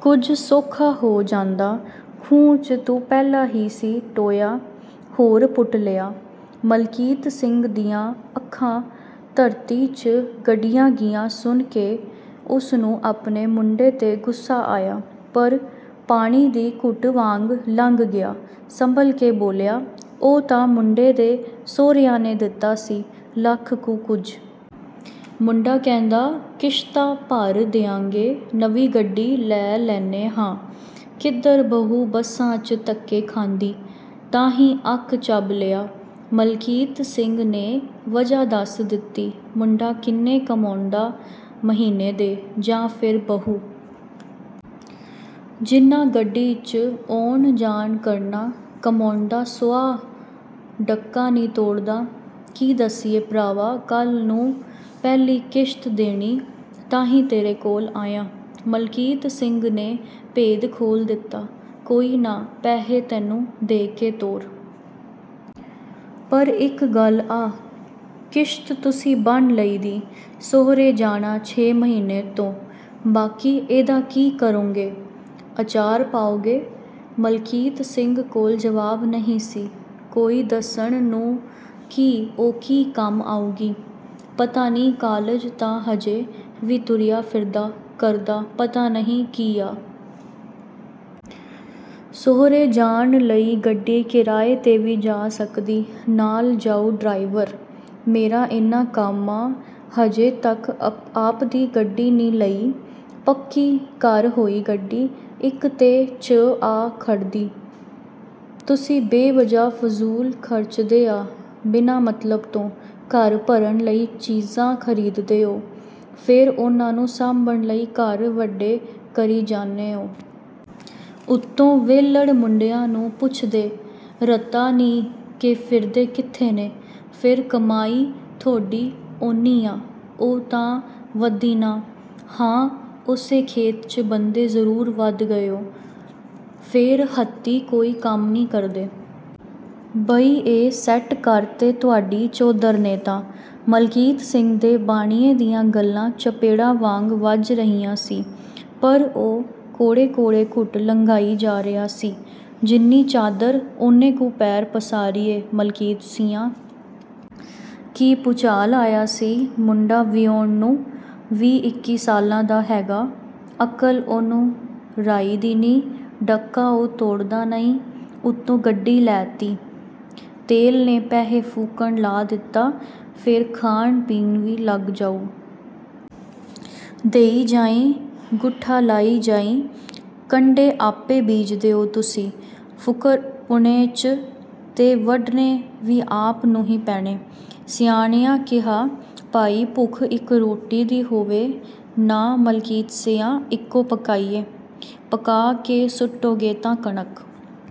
ਕੁਜ ਸੌਖਾ ਹੋ ਜਾਂਦਾ। ਖੂਹ 'ਚ ਤੂੰ ਪਹਿਲਾਂ ਹੀ ਸੀ ਟੋਆ ਹੋਰ ਪੁੱਟ ਲਿਆ।" ਮਲਕੀਤ ਸਿੰਘ ਦੀਆਂ ਅੱਖਾਂ ਧਰਤੀ 'ਚ ਗੱਡੀਆਂ ਗਿਆਂ ਸੁਣ ਕੇ। ਉਸਨੂੰ ਆਪਣੇ ਮੁੰਡੇ ਤੇ ਗੁੱਸਾ ਆਇਆ, ਪਰ ਪਾਣੀ ਦੀ ਘੁੱਟ ਵਾਂਗ ਲੰਗ ਗਿਆ ਸੰਭਲ ਕੇ ਬੋਲਿਆ, "ਉਹ ਤਾਂ ਮੁੰਡੇ ਦੇ ਸੌਹਰਿਆ ਨੇ ਦਿੱਤਾ ਸੀ ਲੱਖ ਕੁ ਕੁਜ। ਮੁੰਡਾ ਕਹਿੰਦਾ ਕਿਸ਼ਤਾਂ ਭਰ ਦਿਆਂਗੇ ਨਵੀਂ ਗੱਡੀ ਲੈ ਲੈਨੇ ਹਾਂ। ਕਿੱਧਰ ਬਹੂ ਬੱਸਾਂ ਚ ਧੱਕੇ ਖਾਂਦੀ, ਤਾਹੀਂ ਅੱਕ ਚੱਬ ਲਿਆ। " ਮਲਕੀਤ ਸਿੰਘ ਨੇ ਵਜ੍ਹਾ ਦੱਸ ਦਿੱਤੀ। "ਮੁੰਡਾ ਕਿੰਨੇ ਕਮਾਉਂਦਾ ਮਹੀਨੇ ਦੇ, ਜਾ ਫੇਰ ਬਹੂ? ਜਿਹਨਾਂ ਗੱਡੀ 'ਚ ਆਉਣ ਜਾਣ ਕਰਨਾ।" ਕਮਾਉਂਦਾ ਸਵਾਹ ਡੱਕਾ ਨੀ ਤੋੜਦਾ। ਕੀ ਦੱਸੀਏ ਭਰਾਵਾਂ ਕੱਲ ਨੂੰ ਪਹਿਲੀ ਕਿਸ਼ਤ ਦੇਣੀ, ਤਾਹੀ ਤੇਰੇ ਕੋਲ ਆਇਆ। ਮਲਕੀਤ ਸਿੰਘ ਨੇ ਭੇਦ ਖੋਲ ਦਿੱਤਾ। ਕੋਈ ਨਾ ਪੈਹੇ ਤੇਨੂੰ ਦੇ ਕੇ ਤੋਰੁ। ਪਰ ਇੱਕ ਗੱਲ ਆ ਕਿਸ਼ਤ ਤੁਸੀਂ ਬੰਨ ਲਈ ਦੀ, ਸੌਹਰੇ ਜਾਣਾ ਛੇ ਮਹੀਨੇ ਤੋਂ। ਬਾਕੀ ਇਹਦਾ ਕਿ ਕਰੋਂਗੇ? ਅਚਾਰ ਪਾਓਗੇ। ਮਲਕੀਤ ਸਿੰਘ ਕੋਲ ਜਵਾਬ ਨਹੀ ਸੀ ਕੋਈ ਦੱਸਣ ਨੂੰ ਕਿ ਓਹ ਕਿ ਕੰਮ ਆਊਗੀ, ਪਤਾ ਨੀ ਕਾਲਜ ਤਾਂ ਹਜੇ ਵੀ ਤੁਰਿਆ ਫਿਰਦਾ ਕਰਦਾ ਪਤਾ ਨਈਂ ਕੀ ਆ? "ਸੌਹਰੇ ਜਾਣ ਲਈ ਗੱਡੀ ਕਿਰਾਏ ਤੇ ਵੀ ਜਾ ਸਕਦੀ ਨਾਲ ਜਾਉ ਡਰਾਈਵਰ।" ਮੇਰਾ ਏਨਾ ਕੰਮ ਆ, ਹਜੇ ਤੱਕ ਆਪਦੀ ਗੱਡੀ ਨੀ ਲਈ। ਪੱਕੀ ਕਰ ਹੋਈ ਗੱਡੀ, ਇੱਕ ਤੇ 'ਚ ਆ ਖੜ੍ਹਦੀ। ਤੁਸੀਂ ਬੇਵਜ੍ਹਾ ਫਜ਼ੂਲ ਖਰਚਦੇ ਆ ਬਿਨਾਂ ਮਤਲਬ ਤੋਂ ਘਰ ਭਰਨ ਲਈ ਚੀਜ਼ਾਂ ਖਰੀਦਦੇ ਓ, ਫੇਰ ਓਹਨਾ ਨੂ ਸਾਂਭਣ ਲਈ ਘਰ ਵੱਡੇ ਕਰੀ ਜਾਨੈ ਓ। ਉੱਤੋਂ ਵੇਹਲੜ ਮੁੰਡਿਆਂ ਨੂੰ ਪੁੱਛਦੇ ਰਤਾ ਨੀ ਕੇ ਫਿਰਦੇ ਕਿੱਥੇ ਨੇ? ਫੇਰ ਕਮਾਈ ਥੋਡੀ ਓਨੀ ਆ। ਉਹ ਤਾਂ ਵਧੀ ਨਾਂ, ਹਾਂ ਓਸੇ ਖੇਤ ਚ ਬੰਦੇ ਜਰੂਰ ਵੱਧ ਗਏ ਓ, ਫ਼ੇਰ ਹੱਥੀਂ ਕੋਈ ਕੱਮ ਨੀ ਕਰਦੇ। ਬਈ ਏ ਸੈੱਟ ਕਰਤੇ ਤੁਹਾਡੀ ਚੌਧਰ ਨੇਂ ਤਾਂ। " ਮਲਕੀਤ ਸਿੰਘ ਦੇ ਬਾਣੀਏ ਦੀਆਂ ਗੱਲਾਂ ਚਪੇੜਾਂ ਵਾਂਗ ਵੱਜ ਰਹੀਆਂ ਸੀ, ਪਰ ਓਹ ਕੌੜੇ-ਕੌੜੇ ਘੁੱਟ ਲੰਗਾਈ ਜਾ ਰਿਹਾ ਸੀ"। ਜਿੰਨੀ ਚਾਦਰ ਓਨੇ ਕੂ ਪੈਰ ਪਸਾਰੀਏ ਮਲਕੀਤ ਸੀਆਂ। ਕੀ ਭੁਚਾਲ ਆਇਆ ਸੀ? ਮੁੰਡਾ ਵਿਹਾਉਣ ਨੂੰ। ਵੀਹ-ਇੱਕੀ ਸਾਲਾਂ ਦਾ ਹੈਗਾ, ਅਕਲ਼ ਓਹਨੂੰ ਰਾਈ ਦੀ ਨੀ। ਡੱਕਾ ਉਹ ਤੋੜਦਾ ਨਹੀਂ, ਉੱਤੋਂ ਗੱਡੀ ਲੈ ਤੀ। ਤੇਲ ਨੇ ਪੈਹੇ ਫੂਕਣ ਲਾ ਦਿੱਤਾ, ਫੇਰ ਖਾਣ ਪੀਣ ਵੀ ਲੱਗ ਜਾਉ। ਦੇਈ ਜਾਈ, ਗੂਠਾ ਲਾਈ ਜਾਈ। ਕੰਡੇ ਆਪੇ ਬੀਜਦੇ ਓ ਤੁਸੀਂ ਫੁਕਰਪੁਣੇ 'ਚ, ਤੇ ਵੱਢਣੇ ਵੀ ਆਪ ਨੂੰ ਹੀ ਪੈਣੇ। ਸਿਆਣਿਆਂ ਕਿਹਾ ਭਾਈ ਭੁੱਖ ਇੱਕ ਰੋਟੀ ਦੀ ਹੋਵੇ ਨਾਂ ਮਲਕੀਤ ਸੀਆਂ, ਇੱਕੋ ਪਕਾਈਏ। ਪੱਕਾ ਕੇ ਸੁੱਟੋਗੇ ਤਾਂ ਕਣਕ